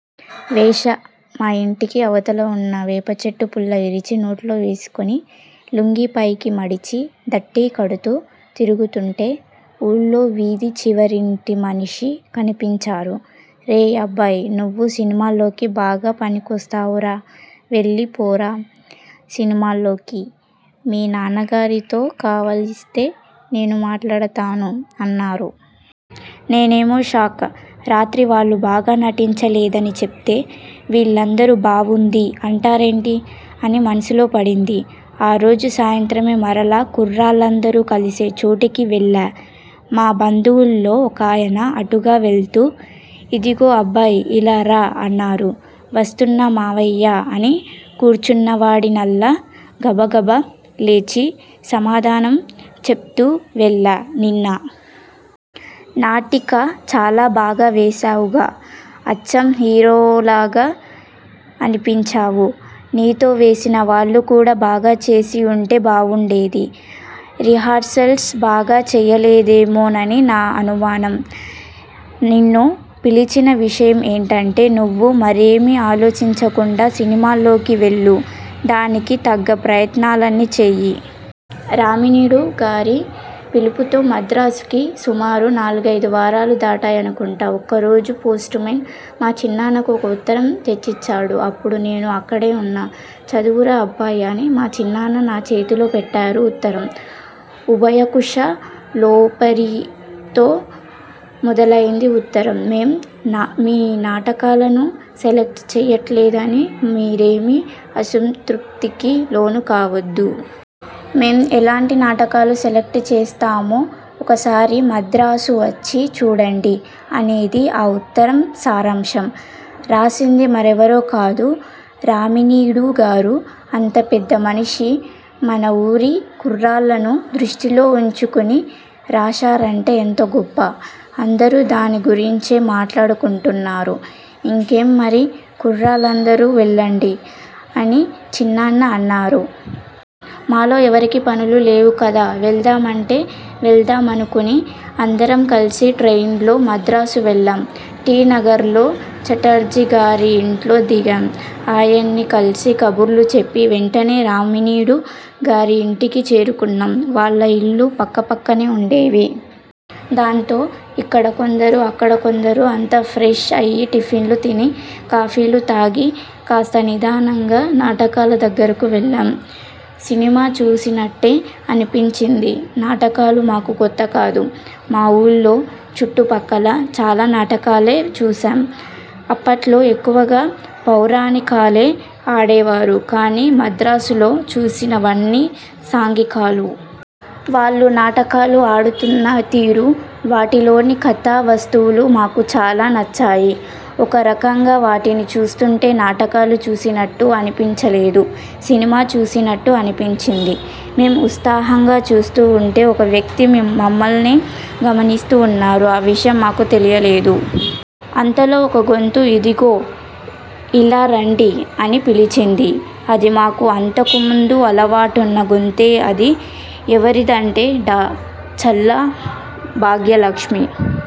వేశా, మా ఇంటికి అవతల ఉన్న వేపచెట్టు పుల్ల విరిచి నోట్లో వేసుకుని, లుంగీ పైకి మడిచి దట్టీ కడుతూ తిరుగుతుంటే, ఊళ్లో వీధి చివరింటి మనిషి కనిపించారు. రేయ్ అబ్బాయ్ నువ్వు సినిమాల్లోకి బాగా పనికొస్తావురా వెళ్లి పోరా సినిమాల్లోకి. మీ నాన్న గారితో కావలిస్తే నేను మాట్లాడుతాను అన్నారు. నేనేమో షాక్. రాత్రి వాళ్లు బాగా నటించలేదని చెప్తే, వీళ్లందరూ బావుంది అంటారేంటి? అని మనసులో పడింది. ఆ రోజు సాయంత్రమే మరలా కుర్రాళ్లందరూ కలిసే చోటికి వెళ్లా. మా బంధువుల్లో ఒకాయన అటుగా వెళ్తూ 'ఇదిగో అబ్బాయ్ ఇలా రా అన్నారు. వస్తున్నా మావయ్యా అని కూర్చున్నవాడి నల్లా గబగబా లేచి సమాధానం చెప్తూ వెళ్లా.నిన్న నాటిక చాలా బాగా వేశావురా. అచ్చం హీరోలాగే అనిపించావు. నీతో వేసిన వాళ్ళు కూడా బాగా చేసి ఉంటే బావుండేది. రిహార్సల్స్ బాగా చేయలేదేమోనని నా అనుమానం. నిన్ను పిలిచిన విషయం ఏంటంటే, నువ్వు మరేమీ ఆలోచించకుండా సినిమాల్లోకి వెళ్లు. దానికి తగ్గ ప్రయత్నాలన్నీ చెయ్యి. రామినీడు గారి పిలుపుతో మద్రాసుకి సుమారు నాలుగైదు వారాలు దాటాయనుకుంటా. ఒకరోజు పోస్టుమేన్ మా చిన్నాన్నకు ఒక ఉత్తరం తెచ్చిచ్చాడు. అప్పుడు నేను అక్కడే ఉన్నా. చదువురా అబ్బాయి అని మా చిన్నాన్న నా చేతిలో పెట్టారు ఉత్తరం. ఉభయకుశ లోపరితో మొదలైంది ఉత్తరం.మేం మీ నాటకాలను సెలక్ట్ చేయట్లేదని మీరేమీ అసంతృప్తికి లోను కావద్దు. మేం ఎలాంటి నాటకాలు సెలక్ట్ చేస్తామో ఒకసారి మద్రాసు వచ్చి చూడండి అనేది ఆ ఉత్తరం సారాంశం. రాసింది మరెవరో కాదు రామినీడుగారు అంత పెద్ద మనిషి మన ఊరి కుర్రాళ్లను దృష్టిలో ఉంచుకుని రాశారంటే ఎంతగొప్ప. అందరూ దాని గురించే మాట్లాడుకుంటున్నారు. ఇంకేం మరి కుర్రాళ్లందరూ వెళ్లండి అని చిన్నాన్న అన్నారు. మాలో ఎవరికీ పనులు లేవు కదా వెళ్దా మంటే వెళ్దా మనుకుని అందరం కలిసి ట్రైన్లో మద్రాసు వెళ్లాం. టీ నగర్లో ఛటర్జీ గారి ఇంట్లో దిగాం. ఆయన్ని కలిసి కబుర్లు చెప్పి, వెంటనే రామినీడు గారి ఇంటికి చేరుకున్నాం. వాళ్ల ఇళ్లు పక్క పక్కనే ఉండేవి. దాంతో ఇక్కడ కొందరు, అక్కడ కొందరూ అంతా ఫ్రెష్ అయి టిఫిన్లు తిని, కాఫీలు తాగి, కాస్త నిదానంగా నాటకాల దగ్గరకు వెళ్లాం. సినిమా చూసినట్టే అనిపించింది నాటకాలు మాకు కొత్తకాదు. మా ఊళ్లో, చుట్టు పక్కలా చాలా నాటకాలే చూశాం. అప్పట్లో ఎక్కువగా పౌరాణికాలే ఆడేవారు కానీ మద్రాసులో చూసిన వన్నీ సాంఘికాలు. వాళ్లు నాటకాలు ఆడుతున్న తీరు, వాటిలోని కథా వస్తువులు మాకు చాలా నచ్చాయి. ఒక రకంగా వాటిని చూస్తుంటే నాటకాలు చూసినట్టు అనిపించ లేదు. సినిమా చూసినట్టు అనిపించింది. మేం ఉత్సాహంగా చూస్తూ ఉంటే ఒక వ్యక్తి మమ్మల్నే గమనిస్తూ ఉన్నారు. ఆవిషయం మాకు తెలియలేదు. అంతలో ఒక గొంతు ఇదిగో ఇలా రండి అని పిలిచింది. అది మాకు అంతకు ముందు అలవాటున్న గొంతే. అది ఎవరిదంటే డా. చల్లా భాగ్యలక్ష్మి